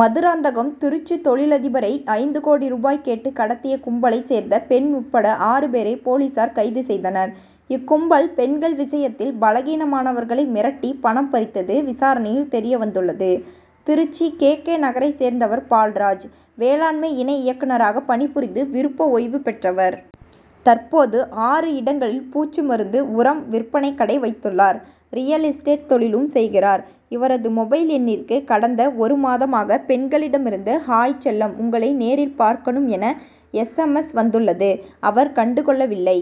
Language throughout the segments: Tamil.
மதுராந்தகம் திருச்சி தொழிலதிபரை ஐந்து கோடி ரூபாய் கேட்டு கடத்திய கும்பலைச் சேர்ந்த பெண் உட்பட ஆறு பேரை போலீசார் கைது செய்தனர். இக்கும்பல் பெண்கள் விஷயத்தில் பலகீனமானவர்களை மிரட்டி பணம் பறித்தது விசாரணையில் தெரிய வந்துள்ளது. திருச்சி கே. கே.,நகரைச் சேர்ந்தவர் பால்ராஜ். வேளாண்மை இணை இயக்குனராகப் பணிபுரிந்து விருப்ப ஓய்வு பெற்றவர். தற்போது ஆறு இடங்களில் பூச்சி மருந்து, உரம் விற்பனை கடை வைத்துள்ளார். ரியல் எஸ்டேட் தொழிலும் செய்கிறார். இவரது மொபைல் எண்ணிற்கு கடந்த ஒரு மாதமாக பெண்களிடமிருந்து ஹாய் செல்லம், உங்களை நேரில் பார்க்கணும் என, எஸ். எம். எஸ்., வந்துள்ளது. அவர் கண்டு கொள்ளவில்லை.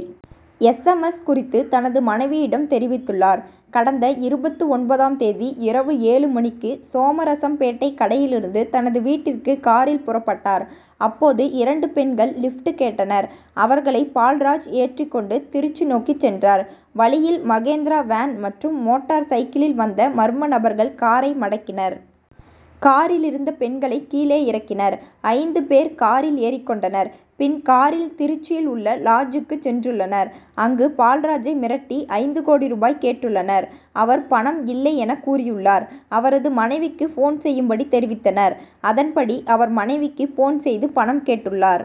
எஸ். எம். எஸ்., குறித்து தனது மனைவியிடம் தெரிவித்துள்ளார். கடந்த இருபத்து ஒன்பதாம் தேதி இரவு ஏழு மணிக்கு சோமரசம்பேட்டை கடையிலிருந்து தனது வீட்டிற்கு காரில் புறப்பட்டார். அப்போது இரண்டு பெண்கள் லிப்ட் கேட்டனர். அவர்களை பால்ராஜ் ஏற்றிக் கொண்டு திருச்சி நோக்கிச் சென்றார். வழியில் மகேந்திரா வேன் மற்றும் மோட்டார் சைக்கிளில் வந்த மர்ம நபர்கள் காரை மடக்கினர். காரிலிருந்த பெண்களை கீழே இறக்கினர். ஐந்து பேர் காரில் ஏறிக் கொண்டனர். பின் காரில் திருச்சியில் உள்ள லாட்ஜூக்கு சென்றுள்ளனர். அங்கு பால்ராஜை மிரட்டி ஐந்து கோடி ரூபாய் கேட்டுள்ளனர். அவர் பணம் இல்லை எனக்கூறியுள்ளார். அவரது மனைவிக்கு போன் செய்யும்படி தெரிவித்தனர். அதன்படி அவர் மனைவிக்கு போன் செய்து பணம் கேட்டுள்ளார்.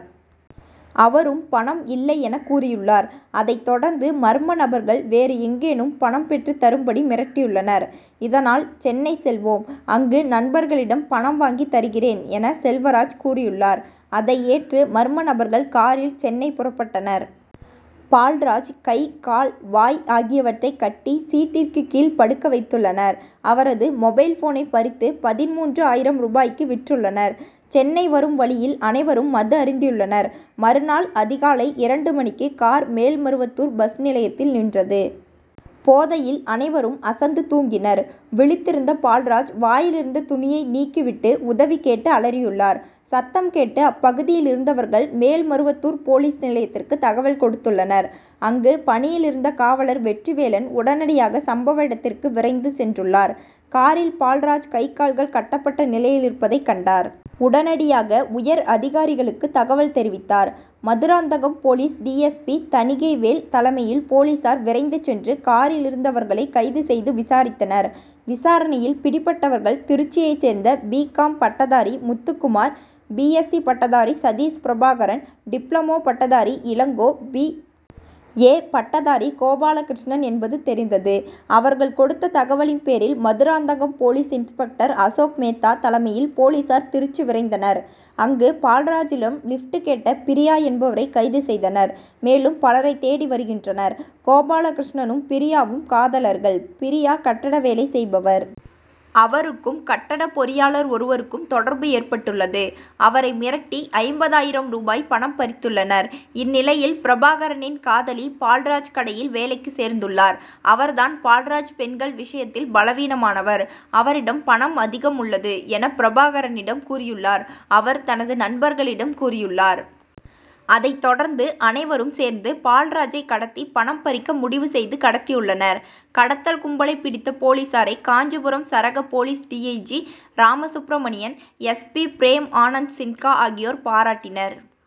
அவரும் பணம் இல்லை எனக் கூறியுள்ளார். அதைத் தொடர்ந்து மர்ம நபர்கள் வேறு எங்கேனும் பணம் பெற்று தரும்படி மிரட்டியுள்ளனர். இதனால், சென்னை செல்வோம். அங்கு நண்பர்களிடம் பணம் வாங்கி தருகிறேன்' என, செல்வராஜ் கூறியுள்ளார். அதை ஏற்று மர்ம நபர்கள் காரில் சென்னை புறப்பட்டனர். பால்ராஜ் கை, கால், வாய் ஆகியவற்றை கட்டி சீட்டிற்கு கீழ் படுக்க வைத்துள்ளனர். அவரது மொபைல் போனை பறித்து பதின்மூன்று ஆயிரம் ரூபாய்க்கு விற்றுள்ளனர். சென்னை வரும் வழியில் அனைவரும் மது அருந்தியுள்ளனர். மறுநாள் அதிகாலை இரண்டு மணிக்கு கார் மேல்மருவத்தூர் பஸ் நிலையத்தில் நின்றது. போதையில் அனைவரும் அசந்து தூங்கினர். விழித்திருந்த பால்ராஜ் வாயிலிருந்த துணியை நீக்கிவிட்டு உதவி கேட்டு அலறியுள்ளார். சத்தம் கேட்டு அப்பகுதியிலிருந்தவர்கள் மேல்மருவத்தூர் போலீஸ் நிலையத்திற்கு தகவல் கொடுத்துள்ளனர். அங்கு பணியிலிருந்த காவலர் வெற்றிவேலன் உடனடியாக சம்பவ இடத்திற்கு விரைந்து சென்றுள்ளார். காரில் பால்ராஜ் கை, கால்கள் கட்டப்பட்ட நிலையிலிருப்பதைக் கண்டார். உடனடியாக உயர் அதிகாரிகளுக்கு தகவல் தெரிவித்தார். Madurantakam police D. S. P., Thanigaivel தலைமையில் போலீசார் விரைந்து சென்று காரிலிருந்தவர்களை கைது செய்து விசாரித்தனர். விசாரணையில் பிடிபட்டவர்கள் திருச்சியைச் சேர்ந்த பி. காம்., பட்டதாரி முத்துக்குமார் பி. எஸ்சி., பட்டதாரி சதீஷ் பிரபாகரன் டிப்ளமோ பட்டதாரி இளங்கோ பி. ஏ., பட்டதாரி கோபாலகிருஷ்ணன் என்பது தெரிந்தது. அவர்கள் கொடுத்த தகவலின்பேரில் மதுராந்தகம் போலீஸ் இன்ஸ்பெக்டர் அசோக்மேத்தா தலைமையில் போலீசார் திருச்சி விரைந்தனர். அங்கு பால்ராஜிடம் லிப்ட் கேட்ட பிரியா என்பவரை கைது செய்தனர். மேலும் பலரை தேடி வருகின்றனர். கோபாலகிருஷ்ணனும், பிரியாவும் காதலர்கள். பிரியா கட்டட வேலை செய்பவர். அவருக்கும் கட்டடப் பொறியாளர் ஒருவருக்கும் தொடர்பு ஏற்பட்டுள்ளது. அவரை மிரட்டி ஐம்பது ஆயிரம் ரூபாய் பணம் பறித்துள்ளனர். இந்நிலையில், பிரபாகரனின் காதலி பால்ராஜ் கடையில் வேலைக்கு சேர்ந்துள்ளார். அவர்தான், பால்ராஜ் பெண்கள் விஷயத்தில் பலவீனமானவர். அவரிடம் பணம் அதிகம் உள்ளது' எனப் பிரபாகரனிடம் கூறியுள்ளார். அவர் தனது நண்பர்களிடம் கூறியுள்ளார். அதைத் தொடர்ந்து அனைவரும் சேர்ந்து பால்ராஜை கடத்தி பணம் பறிக்க முடிவு செய்து கடத்தியுள்ளனர். கடத்தல் கும்பலை பிடித்த போலீசாரை காஞ்சிபுரம் சரக போலீஸ் டி. ஐ. G., Ramasubramanian, S. B., Prem Anand Sinha ஆகியோர் பாராட்டினர்.